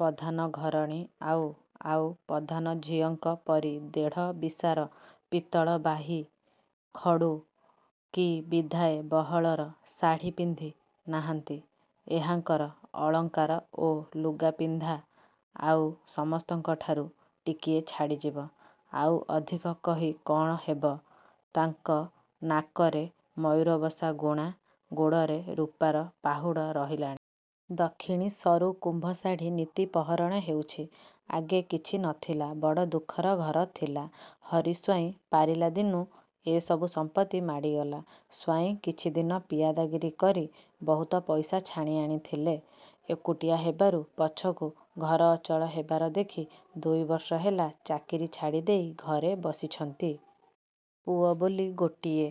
ପଧାନ ଘରଣୀ ଆଉ ଆଉ ପଧାନ ଝିଅଙ୍କ ପରି ଦେଢ଼ ବିଶାର ପିତଳ ବାହି ଖଡୁ କି ବିଧାଏ ବହଳର ଶାଢ଼ୀପିନ୍ଧି ନାହାନ୍ତି। ଏହାଙ୍କର ଅଳଙ୍କାର ଓ ଲୁଗାପିନ୍ଧା ଆଉ ସମସ୍ତଙ୍କଠାରୁ ଟିକିଏ ଛାଡ଼ିଯିବ। ଆଉ ଅଧିକ କହି କଣ ହେବ ତାଙ୍କ ନାକରେ ମୟୂରବସା ଗୁଣା, ଗୋଡ଼ରେ ରୁପାର ପାହୁଡ଼ ରହିଲାଣି। ଦକ୍ଷିଣୀ ସରୁ କୁମ୍ଭ ଶାଢ଼ୀ ନିତି ପହରଣ ହେଉଛି। ଆଗେ କିଛି ନଥିଲା ବଡ଼ ଦୁଃଖର ଘର ଥିଲା। ହରି ସ୍ୱାଇଁ ପାରିଲା ଦିନୁଁ ଏ ସବୁ ସମ୍ପତ୍ତି ମାଡ଼ିଗଲା। ସ୍ୱାଇଁ କିଛିଦିନ ପିଆଦାଗିରି କରି ବହୁତ ପଇସା ଛାଣିଆଣିଥିଲେ। ଏକୁଟିଆ ହେବାରୁ ପଛକୁ ଘର ଅଚଳ ହେବାର ଦେଖି ଦୁଇ ବର୍ଷ ହେଲା ଚାକିରି ଛାଡ଼ିଦେଇ ଘରେ ବସିଛନ୍ତି। ପୁଅ ବୋଲି ଗୋଟିଏ।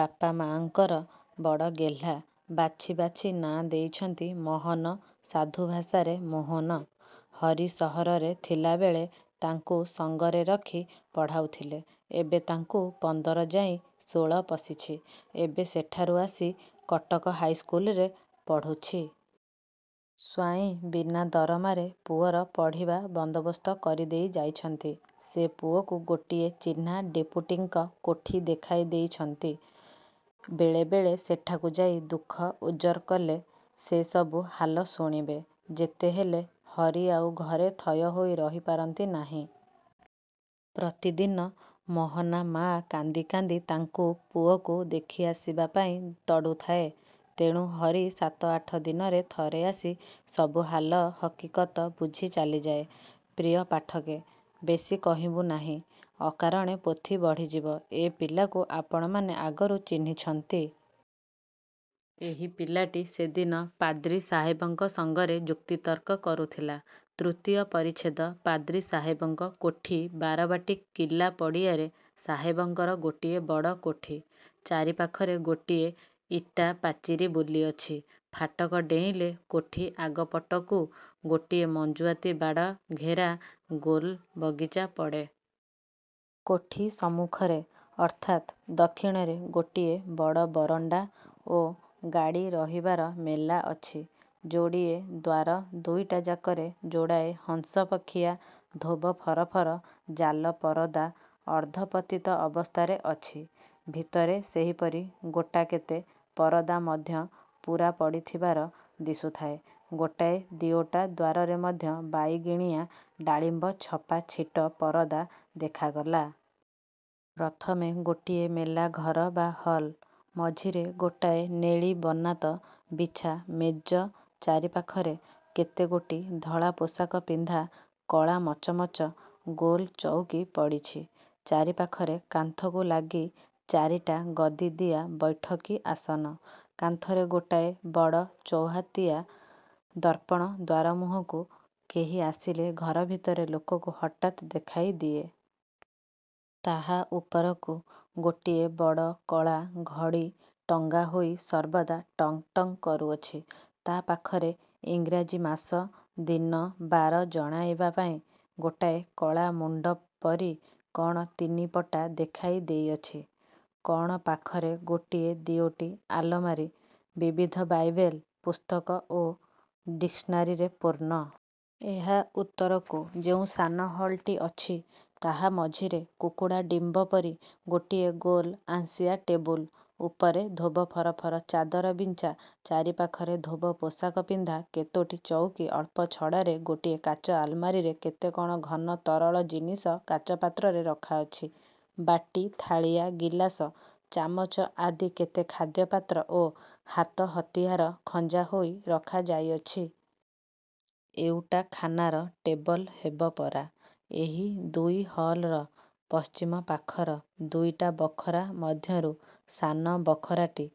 ବାପ ମା'ଙ୍କର ବଡ଼ ଗେହ୍ଲା ବାଛି ବାଛି ନାଁ ଦେଇଛନ୍ତି 'ମହନ', ସାଧୁଭାଷାରେ ମୋହନ। ହରି ସହରରେ ଥିଲାବେଳେ ତାଙ୍କୁ ସଙ୍ଗରେ ରଖି ପଢ଼ାଉଥିଲେ। ଏବେ ତାଙ୍କୁ ପନ୍ଦର ଯାଇଁ ଷୋଳ ପଶିଛି। ଏବେ ସେଠାରୁ ଆସି କଟକ ହାଇ ସ୍କୁଲରେ ପଢ଼ୁଛି। ସ୍ୱାଇଁ ବିନା ଦରମାରେ ପୁଅର ପଢ଼ିବା ବନ୍ଦୋବସ୍ତ କରି ଦେଇ ଯାଇଛନ୍ତି। ସେ ପୁଅକୁ ଗୋଟିଏ ଚିହ୍ନା ଡେପୁଟୀଙ୍କ କୋଠି ଦେଖାଇ ଦେଇଛନ୍ତି। ବେଳେ ବେଳେ ସେଠାକୁ ଯାଇ ଦୁଃଖ ଓଜର କଲେ, ସେ ସବୁ ହାଲ ଶୁଣିବେ। ଯେତେହେଲେ ହରି ଆଉ ଘରେ ଥୟ ହୋଇ ରହି ପାରନ୍ତି ନାହିଁ। ପ୍ରତିଦିନ ମହନା ମା କାନ୍ଦି କାନ୍ଦି ତାଙ୍କୁ ପୁଅକୁ ଦେଖିଆସିବାପାଇଁ ତଡ଼ୁଥାଏ। ତେଣୁ ହରି ସାତ ଆଠ ଦିନରେ ଥରେ ଆସି ସବୁ ହାଲ ହକିକତ ବୁଝି ଚାଲିଯାଏ। ପ୍ରିୟ ପାଠକେ! ବେଶି କହିବୁଁ ନାହିଁ। ଅକାରଣେ ପୋଥି ବଢ଼ିଯିବ। ଏ ପିଲାକୁ ଆପଣମାନେ ଆଗରୁ ଚିହ୍ନିଛନ୍ତି। ଏହି ପିଲାଟି ସେଦିନ ପାଦ୍ରୀ ସାହେବଙ୍କ ସଙ୍ଗରେ ଯୁକ୍ତିତର୍କ କରୁଥିଲା। ତୃତୀୟ ପରିଚ୍ଛେଦ ପାଦ୍ରି ସାହେବଙ୍କ କୋଠି ବାରବାଟୀ କିଲ୍ଲା ପଡ଼ିଆରେ ସାହେବଙ୍କର ଗୋଟିଏ ବଡ଼ କୋଠି। ଚାରି ପାଖରେ ଗୋଟିଏ ଇଟା ପାଚିରି ବୁଲିଅଛି। ଫାଟକ ଡେଇଁଲେ କୋଠି ଆଗ ପଟକୁ ଗୋଟିଏ ମଞ୍ଜୁଆତି ବାଡ଼ ଘେରା ଗୋଲ ବଗିଚା ପଡ଼େ। କୋଠି ସମ୍ମୁଖରେ ଅର୍ଥାତ୍ ଦକ୍ଷିଣରେ ଗୋଟିଏ ବଡ଼ ବରଣ୍ତା ଓ ଗାଡ଼ୀ ରହିବାର ମେଲା ଅଛି। ଯୋଡ଼ିଏ ଦ୍ୱାର ଦୁଇଟାଯାକରେ ଯୋଡ଼ାଏ ହଂସପକ୍ଷିଆ ଧୋବ ଫରଫର ଜାଲ ପରଦା ଅର୍ଦ୍ଧପତିତ ଅବସ୍ଥାରେ ଅଛି। ଭିତରେ ସେହିପରି ଗୋଟାକେତେ ପରଦା ମଧ୍ୟ ପୂରା ପଡ଼ିଥିବାର ଦିଶୁଥାଏ। ଗୋଟାଏ ଦିଓଟା ଦ୍ୱାରରେ ମଧ୍ୟ ବାଇଗିଣିଆ ଡାଳିମ୍ବ ଛପା ଛିଟ ପରଦା ଦେଖାଗଲା। ପ୍ରଥମେ ଗୋଟିଏ ମେଲା ଘର ବା ହଲ୍। ମଝିରେ ଗୋଟାଏ ନେଳି ବନାତ ବିଛା ମେଜ ଚାରିପାଖରେ କେତେଗୋଟି ଧଳାପୋଷାକ ପିନ୍ଧା କଳାମଚମଚ ଗୋଲ ଚଉକି ପଡ଼ିଛି। ଚାରିପାଖରେ କାନ୍ଥକୁ ଲାଗି ଚାରିଟା ଗଦିଦିଆ ବୈଠକୀ ଆସନ। କାନ୍ଥରେ ଗୋଟାଏ ବଡ଼ ଚୌହାତିଆ ଦର୍ପଣ ଦ୍ୱାରମୁହଁକୁ କେହି ଆସିଲେ ଘର ଭିତରେ ଲୋକକୁ ହଠାତ୍ ଦେଖାଇ ଦିଏ। ତାହା ଉପରକୁ ଗୋଟିଏ ବଡ଼ କଳା ଘଡ଼ି ଟଙ୍ଗା ହୋଇ ସର୍ବଦା ଟଙ୍ଗ୍ ଟଙ୍ଗ୍ କରୁଅଛି। ତା ପାଖରେ ଇଂରାଜୀ ମାସ, ଦିନ, ବାର ଜଣାଇବାପାଇଁ ଗୋଟାଏ କଳା ମୁଣ୍ତ ପରି କଣ ତିନିପଟା ଦେଖାଇ ଦେଇଅଛି! କଣ ପାଖରେ ଗୋଟିଏ ଦିଓଟି ଆଲମାରୀ ବିବିଧ ବାଇବେଲ୍ ପୁସ୍ତକ ଓ ଡିକ୍ସନାରୀରେ ପୂର୍ଣ୍ଣ। ଏହା ଉତ୍ତରକୁ ଯେଉଁ ସାନ ହଲଟି ଅଛି, ତାହା ମଝିରେ କୁକୁଡ଼ା ଡିମ୍ବ ପରି ଗୋଟିଏ ଗୋଲ ଆଁସିଆ ଟେବୁଲ। ଉପରେ ଧୋବ ଫରଫର ଚାଦର ବିଞ୍ଛା ଚାରିପାଖରେ ଧୋବ ପୋଷାକପିନ୍ଧା କେତୋଟି ଚୌକି ଅଳ୍ପ ଛଡ଼ାରେ ଗୋଟିଏ କାଚ ଆଲମାରୀରେ କେତେ କଣ ଘନ ତରଳ ଜିନିଷ କାଚପାତ୍ରରେ ରଖା ଅଛି ବାଟି, ଥାଳିଆ, ଗିଲାସ, ଚାମଚ ଆଦି କେତେ ଖାଦ୍ୟପାତ୍ର ଓ ହାତହତିଆର ଖଞ୍ଜା ହୋଇ ରଖା ଯାଇଅଛି। ଏଉଟା ଖାନାର ଟେବଲ ହେବ ପରା! ଏହି ଦୁଇ ହଲର ପଶ୍ଚିମ ପାଖର ଦୁଇଟା ବଖରା ମଧ୍ୟରୁ ସାନ ବଖରାଟି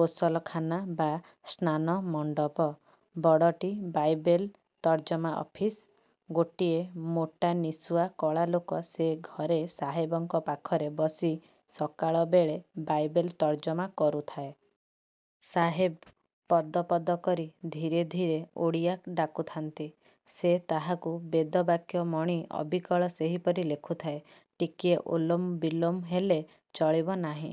ଗୋସଲଖାନା ବା ସ୍ନାନମଣ୍ତପ। ବଡ଼ଟି ବାଇବେଲ୍ ତର୍ଜମା ଅଫିସ। ଗୋଟିଏ ମୋଟାନିଶୁଆ କଳା ଲୋକ ସେ ଘରେ ସାହେବଙ୍କ ପାଖରେ ବସି ସକାଳବେଳେ ବାଇବେଲ୍ ତର୍ଜମା କରୁଥାଏ। ସାହେବ ପଦ ପଦ କରି ଧୀରେ ଧୀରେ ଓଡ଼ିଆ ଡାକୁଥାନ୍ତି -ସେ ତାହାକୁ ବେଦବାକ୍ୟ ମଣି ଅବିକଳ ସେହିପରି ଲେଖୁଥାଏ। ଟିକିଏ ଓଲୋମ ବିଲୋମ ହେଲେ ଚଳିବ ନାହିଁ।